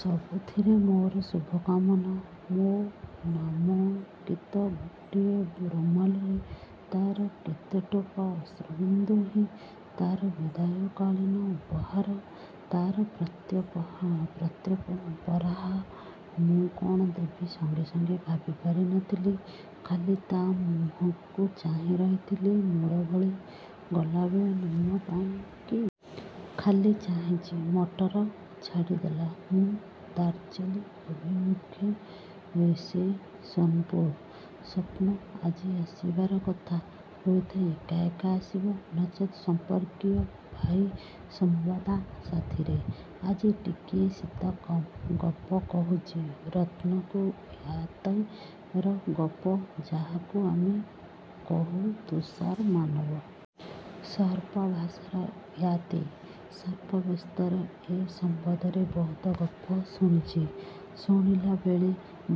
ସବୁଥିରେ ମୋର ଶୁଭକାମନା। ମୋ ନାମାଙ୍କିତ ଗୋଟିଏ ରୁମାଲରେ ତାର କେତେଟୋପା ଅଶ୍ରୁବିନ୍ଦୁ ହିଁ ତା'ର ବିଦାୟକାଳୀନ ଉପହାର। ତାର ପ୍ରତ୍ୟୁପହାର ମୁଁ କ'ଣ ଦେବି ସଙ୍ଗେ ସଙ୍ଗେ ଭାବିପାରି ନ ଥିଲି। ଖାଲି ତା ମୁହଁକୁ ଚାହିଁ ରହିଥିଲି ମୂକ ଭଳି। ଗଲାବେଳେ ନିମ୍ମୁ ପାଇଁ କିଛି ଦେଇ ପାରିଲିନି ଏପରିକି ମୋର ସ୍ନେହ ସୁଦ୍ଧା ପଠାଇ ପାରିନି। ଖାଲି ଚାହିଁଚି ମଟର ଛାଡ଼ିଦେଲା। ମୁଁ ଦାର୍ଜିଲିଂ ଅଭିମୁଖେ ସେ ସୋନାପୁର। ସ୍ୱପ୍ନା ଆଜି ଆସିବାର କଥା। ହୁଏତ ଏକା ଏକା ଆସିବ, ନଚେତ ସମ୍ପର୍କୀୟ ଭାଇ ଶମ୍ଭୂଦା ସାଥିରେ। ଆଜି ଟିକିଏ ଶୀତ କମ୍। ଗପ କହୁଚି ରତ୍ନାକୁ ଇୟାତି ର ଗପ, ଯାହାକୁ ଆମେ କହୁ ତୁଷାର ମାନବ। ସେର୍ପା ଭାଷାରେ ଇୟାତି। ସେର୍ପା ବସ୍ତିରେ ଏ ସମ୍ବନ୍ଧରେ ବହୁତ ଗପ ଶୁଣିଛି। ଶୁଣିଲାବେଳେ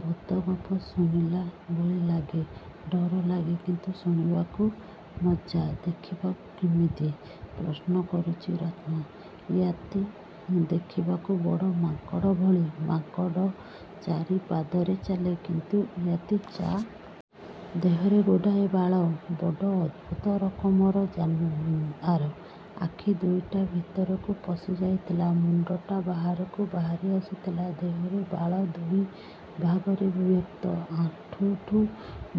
ଭୂତ ଗପ ଶୁଣିଲା ଭଳି ଲାଗେ। ଡର ଲାଗେ କିନ୍ତୁ ଶୁଣିବାକୁ ମଜା। ଦେଖିବାକୁ କେମିତି? ପ୍ରଶ୍ନ କରୁଚି ରତ୍ନା। ଇୟାତି ଦେଖିବାକୁ ବଡ଼ ମାଙ୍କଡ଼ ଭଳି। ମାଙ୍କଡ଼ ଚାରି ପାଦରେ ଚାଲେ କିନ୍ତୁ ଇୟାତି ଚାଲେ ଦୁଇ ପାଦରେ ଠିକ୍ ମଣିଷଙ୍କ ଭଳି। ଦେହରେ ଗୁଡ଼ାଏ ବାଳ। ବଡ଼ ଅଦ୍ଭୁତ ରକମର ଜାନୁଆର। ଆଖି ଦୁଇଟା ଭିତରକୁ ପଶି ଯାଇଥାଏ, ମୁଣ୍ଡଟା ବାହାରକୁ ବାହାରି ଆସିଥାଏ। ଦେହର ବାଳ ଦୁଇ ଭାଗରେ ବିଭକ୍ତ। ଅଣ୍ଟାଠୁ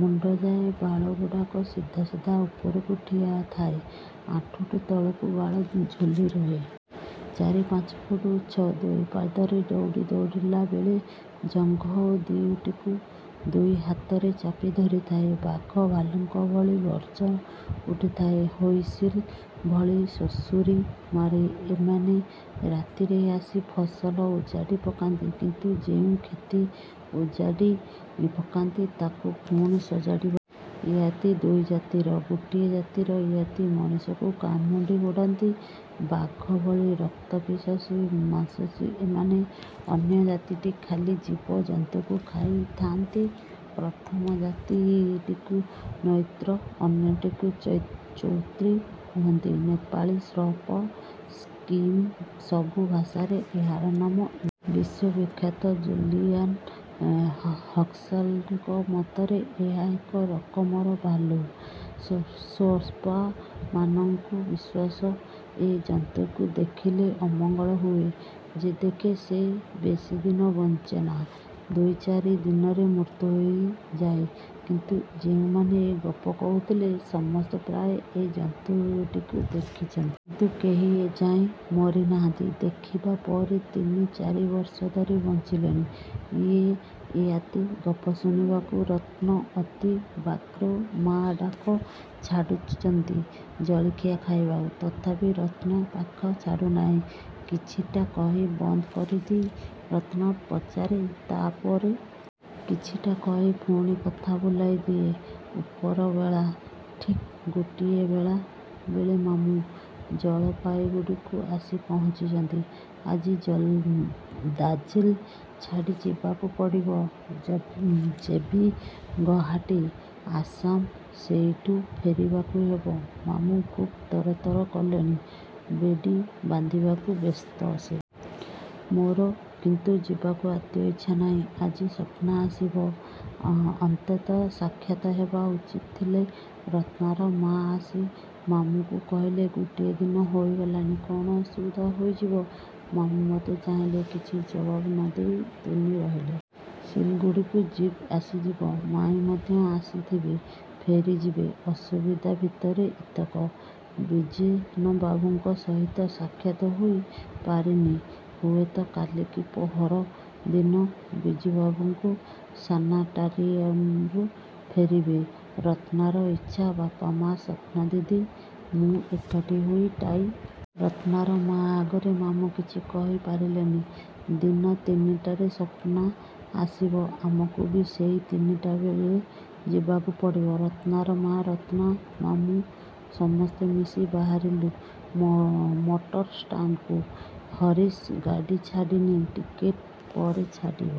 ମୁଣ୍ଡଯାଏଁ ବାଳଗୁଡ଼ାକ ସିଧା ସିଧା ଉପରକୁ ଉଠିଥାଏ। ଅଣ୍ଟାଠୁ ତଳକୁ ବାଳ ଝୁଲି ରହେ। ଚାରି ପାଞ୍ଚ ଫୁଟ୍ ଉଚ୍ଚ। ଦୁଇ ପାଦରେ ଦୌଡ଼େ। ଦୌଡ଼ିଲା ବେଳେ ଜଙ୍ଘ ଦିଓଟିକୁ ଦୁଇ ହାତରେ ଚାପି ଧରିଥାଏ। ବାଘ ଭାଲୁଙ୍କ ଭଳି ଗର୍ଜି ଉଠେନା, ହୁଇସିଲ୍ ଭଳି ଶୁଶୁରି ମାରେ। ଏମାନେ ରାତିରେ ଆସି ଫସଲ ଉଜାଡ଼ି ପକାନ୍ତି କିନ୍ତୁ ଯେଉଁ କ୍ଷେତ ଉଜାଡ଼ି ପକାନ୍ତି ତାକୁ ପୁଣି ସଜାଡ଼ିବାକୁ ଚେଷ୍ଟା କରିଥାଆନ୍ତି। ଇୟାତି ଦୁଇ ଜାତିର। ଗୋଟିଏ ଜାତିର ଇୟାତି ମଣିଷକୁ କାମୁଡ଼ି ଗୋଡ଼ାନ୍ତି। ବାଘ ଭଳି ରକ୍ତ ପିପାସୁ ମାଂସାଶୀ ଏମାନେ। ଅନ୍ୟଜାତିଟି ଖାଲି ଜୀବଜନ୍ତୁକୁ ଖାଇ ଥାଆନ୍ତି। ପ୍ରଥମ ଜାତିଟିକୁ ନେତ୍ରେ ଅନ୍ୟଟିକୁ ଚୁତ୍ରେ କୁହନ୍ତି। ନେପାଳୀ, ସେର୍ପା, ସିକିମ୍ ସବୁ ଭାଷାରେ ଏହାର ନାମ ଇୟାତି। ବିଶ୍ୱବିଖ୍ୟାତ ଜୁଲିଆନା ହକ୍ସଲେଙ୍କ ମତରେ ଏହା ଏକ ରକମର ଭାଲୁ। ସେର୍ପାମାନଙ୍କର ବିଶ୍ୱାସ ଏ ଜନ୍ତୁକୁ ଦେଖିଲେ ଅମଙ୍ଗଳ ହୁଏ। ଯେ ଦେଖେ ସେ ବେଶୀଦିନ ବଞ୍ଚେନା। ଦୁଇ ଚାରି ଦିନରେ ମୃତ୍ୟୁ ହୋଇଯାଏ। କିନ୍ତୁ ଯେଉଁମାନେ ଏ ଗପ କହୁଥିଲେ, ସମସ୍ତେ ପ୍ରାୟ ଏ ଜନ୍ତୁଟିକୁ ଦେଖିଛନ୍ତି। କିନ୍ତୁ କେହି ଏ ଯାଏଁ ମରିନାହାନ୍ତି। ଦେଖିବା ପରେ ତିନି ଚାରି ବର୍ଷ ଧରି ବଞ୍ଚିଲେଣି। ଏଇ ''ଇୟାତି'' ଗପ ଶୁଣିବାକୁ ରତ୍ନା ଅତି ବ୍ୟଗ୍ର। ମା ଡାକ ଛାଡ଼ିଚନ୍ତି ଜଳଖିଆ ଖାଇବାକୁ। ତଥାପି ରତ୍ନା ପାଖ ଛାଡ଼ୁନାହିଁ। କିଛିଟା କହି ବନ୍ଦ କରିଦିଏ। ରତ୍ନା ପଚାରେ ତା'ର ପରେ? କିଛିଟା କହେ ପୁଣି କଥା ବୁଲାଇ ଦିଏ। ଉପର ବେଳା। ଠିକ୍ ଗୋଟାଏ ବେଳେ ମାମୁଁ ଜଳପାଇଗୁଡ଼ିରୁ ଆସି ପହଞ୍ଚିଛନ୍ତି। ଆଜି ଦାର୍ଜିଲିଂ ଛାଡ଼ି ଯିବାକୁ ପଡ଼ିବ। ଯିବି ଗୌହାଟୀ। ଆସାମ। ସେଇଠୁ ଫେରିବାକୁ ହେବ। ମାମୁଁ ଖୁବ୍ ତରତର କଲେଣି। ବେଡ଼ିଂ ବାନ୍ଧିବାରେ ବ୍ୟସ୍ତ ସେ। ମୋର କିନ୍ତୁ ଯିବାକୁ ଆଦୌ ଇଚ୍ଛା ନାହିଁ। ଆଜି ସ୍ୱପ୍ନା ଆସିବ। ଅନ୍ତତଃ ସାକ୍ଷାତ ହେବା ଉଚିତ ଥିଲା। ରତ୍ନାର ମାଆ ଆସି ମାମୁଁଙ୍କୁ କହିଲେ ଗୋଟିଏ ଦିନ ରହିଗଲେ କ'ଣ ଅସୁବିଧା ହୋଇଯିବ? ମାମୁଁ ମତେ ଚାହିଁଲେ। କିଛି ଜବାବ ନ ଦେଇ ତୁନି ରହିଲି। ଶିଲିଗୁଡ଼ିକୁ ଜୀପ୍ ଆସିଥିବ। ମାଈଁ ମଧ୍ୟ ଆସିଥିବେ। ଫେରିଯିବେ। ଅସୁବିଧା ଭିତରେ ଏତକ। ବିଜନବାବୁଙ୍କ ସହିତ ସାକ୍ଷାତ ହୋଇ ପାରିନି। ହୁଏତ କାଲି କି ପହର ଦିନ ବିଜନବାବୁ ସାନାଟୋରିୟମରୁ ଫେରିବେ। ରତ୍ନାର ଇଚ୍ଛା ବାପା, ମା, ସ୍ୱପ୍ନାଦିଦି, ମୁଁ ଏକାଠି ହୋଇ ଟାଇଗର୍ ହିଲ୍କୁ ବୁଲିବାକୁ ଯାଆନ୍ତୁ। ରତ୍ନାର ମାଆ ଆଗରେ ମାମୁଁ କିଛି କହି ପାରିଲେନି। ଦିନ ତିନିଟାରେ ସ୍ୱପ୍ନା ଆସିବ। ଆମକୁ ବି ସେଇ ତିନିଟା ବେଳେ ଯିବାକୁ ପଡ଼ିବ। ରତ୍ନାର ମାଆ, ରତ୍ନା, ମାମୁଁ ସମସ୍ତେ ମିଶି ବାହାରିଲୁ ମଟରଷ୍ଟାଣ୍ଡକୁ। ହରିସିଂ ଗାଡ଼ି ଛାଡ଼ିନି। ଟିକକ ପରେ ଛାଡ଼ିବ।